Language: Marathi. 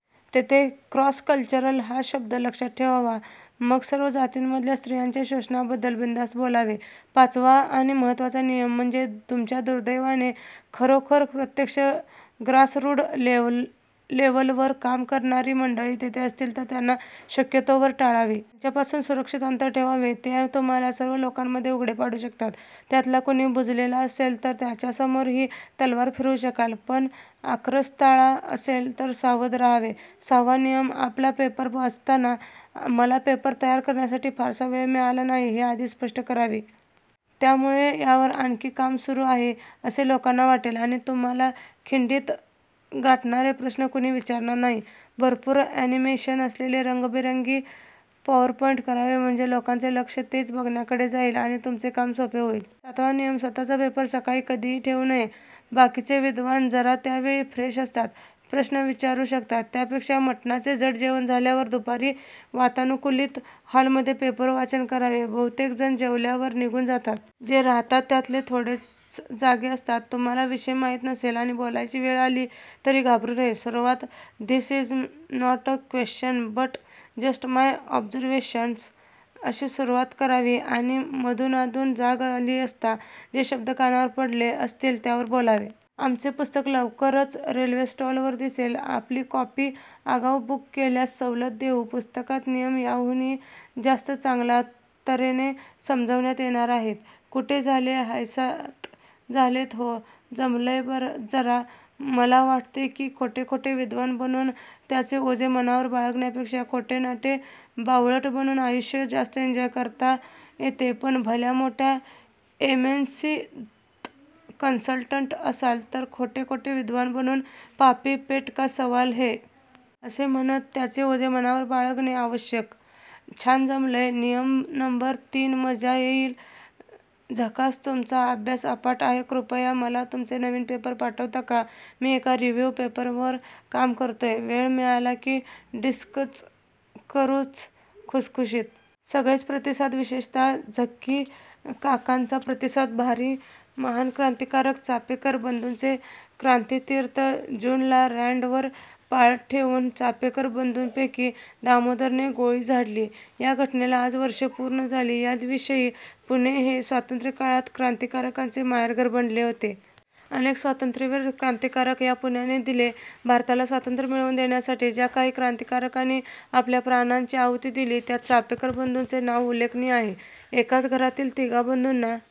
तेथे 'क्रॉस कल्चरल हा शब्द लक्षात ठेवावा. मग सर्व जातींमधल्या स्त्रीयांच्या शोषणाबद्दल बिनधास्त बोलावे. पाचवा आणि महत्त्वाचा नियम म्हणजे तुमच्या दुर्दैवाने खरोखर प्रत्यक्ष ग्रासरूट लेव्हलवर काम करणारी मंडळी तेथे असतील तर त्यांना शक्यतोवर टाळावे. त्यांच्यापासून सुरक्षित अंतर ठेवावे. ते तुम्हाला सर्व लोकांमध्ये उघडे पाडू शकतात. त्यातला कुणी बुजलेला असेल तर त्याच्यासमोरही तलवार फिरवू शकाल पण आक्रस्ताळा असेल तर सावध राहावे. सहावा नियम, आपला पेपर वाचताना मला पेपर तयार करण्यासाठी फारसा वेळ मिळाला नाही हे आधी स्पष्ट करावे. त्यामुळे यावर आणखी काम सुरु आहे असे लोकांना वाटेल आणि तुम्हाला खिंडीत गाठणारे प्रश्न कुणी विचारणार नाही. भरपूर अॅनिमेशन असलेले रंगिबेरंगी पॉवरपॉईंट करावे म्हणजे लोकांचे लक्ष तेच बघण्याकडे जाईल आणि तुमचे काम सोपे होईल. सातवा नियम, स्वतःचा पेपर सकाळी कधिही ठेऊ नये. बाकीचे विद्वान जरा त्यावेळी फ्रेश असतात. प्रश्न विचारु शकतात. त्यापेक्षा मटणाचे जड जेवण झाल्यावर दुपारी वातानुकूलित हॉलमध्ये पेपर वाचन करावे. बहुतेक जण जेवल्यावर निघुन जातात. जे राहतात त्यातले थोडेच जागे असतात. तुम्हाला विषय माहीत नसेल आणि बोलायची वेळ आली तरी घाबरु नये. सुरुवात "this is not a question but just my observations.. " अशी सुरुवात करावी आणि अधून मधून जाग आली असता जे शब्द कानावर पडले असतील त्यावर बोलावे. आमचे पुस्तक लवकरच रेल्वे स्टॉलवर दिसेल. आपली कॉपी आगाऊ बुक केल्यास सवलत देऊ. पुस्तकात नियम याहूनही जास्त चांगल्या तर्हेने समजवण्यात येणार आहेत. कुठे.. झाले हेसात झालेत हो. जमलंयजरा, मला वाटते की खोटे खोटे विद्वान बनून त्याचे ओझे मनावर बाळगण्यापेक्षा खोटेनाटे बावळट बनून आयुष्य जास्त एंजॉय करता येतेपण भल्या मोठ्या एमेन्सि त कन्सल्टंट असाल तर खोटे खोटे विद्वान बनून, पापी पेट का सवाल है!, असे म्हणत त्याचे ओझे मनावर बाळगणे आवश्यक. छाम जमलंय. नियम नंबर तीनमजा येईल. झकासतुमचा अभ्यास अफाट आहेकृपया मला तुमचे नविन पेपर पाठवता का? मि एका रिव्ह्यु पेपरवर काम करतोय, वेळ मिळाला कि डिस्कस करुच+ खुसखुशीत! सगळेच प्रतिसाद विशेषतः झक्की काकांचा प्रतिसाद भारी महान क्रांतिकाराक चापेकर बंधूंचे 'क्रांतितीर्थ' जून ला रँडवर पाळत ठेवून चापेकर बंधूंपैकी दामोदरने गोळी झाडली. या घटनेला आज वर्षे पूर्ण झाली. त्या विषयी.. पुणे हे स्वातंत्र्यकाळात क्रांतिकाराकांचे माहेरघर बनले होते. अनेक स्वातंत्र्यवीर, क्रांतिकारक या पुण्याने दिले. भारताला स्वातंत्र्य मिळवून देण्यासाठी ज्या काही क्रांतिकारांनी आपल्या प्राणांची आहुती दिली त्यात चापेकर बंधूंचे नाव उल्लेखनीय आहे. एकाच घरातील तिघा बंधुंना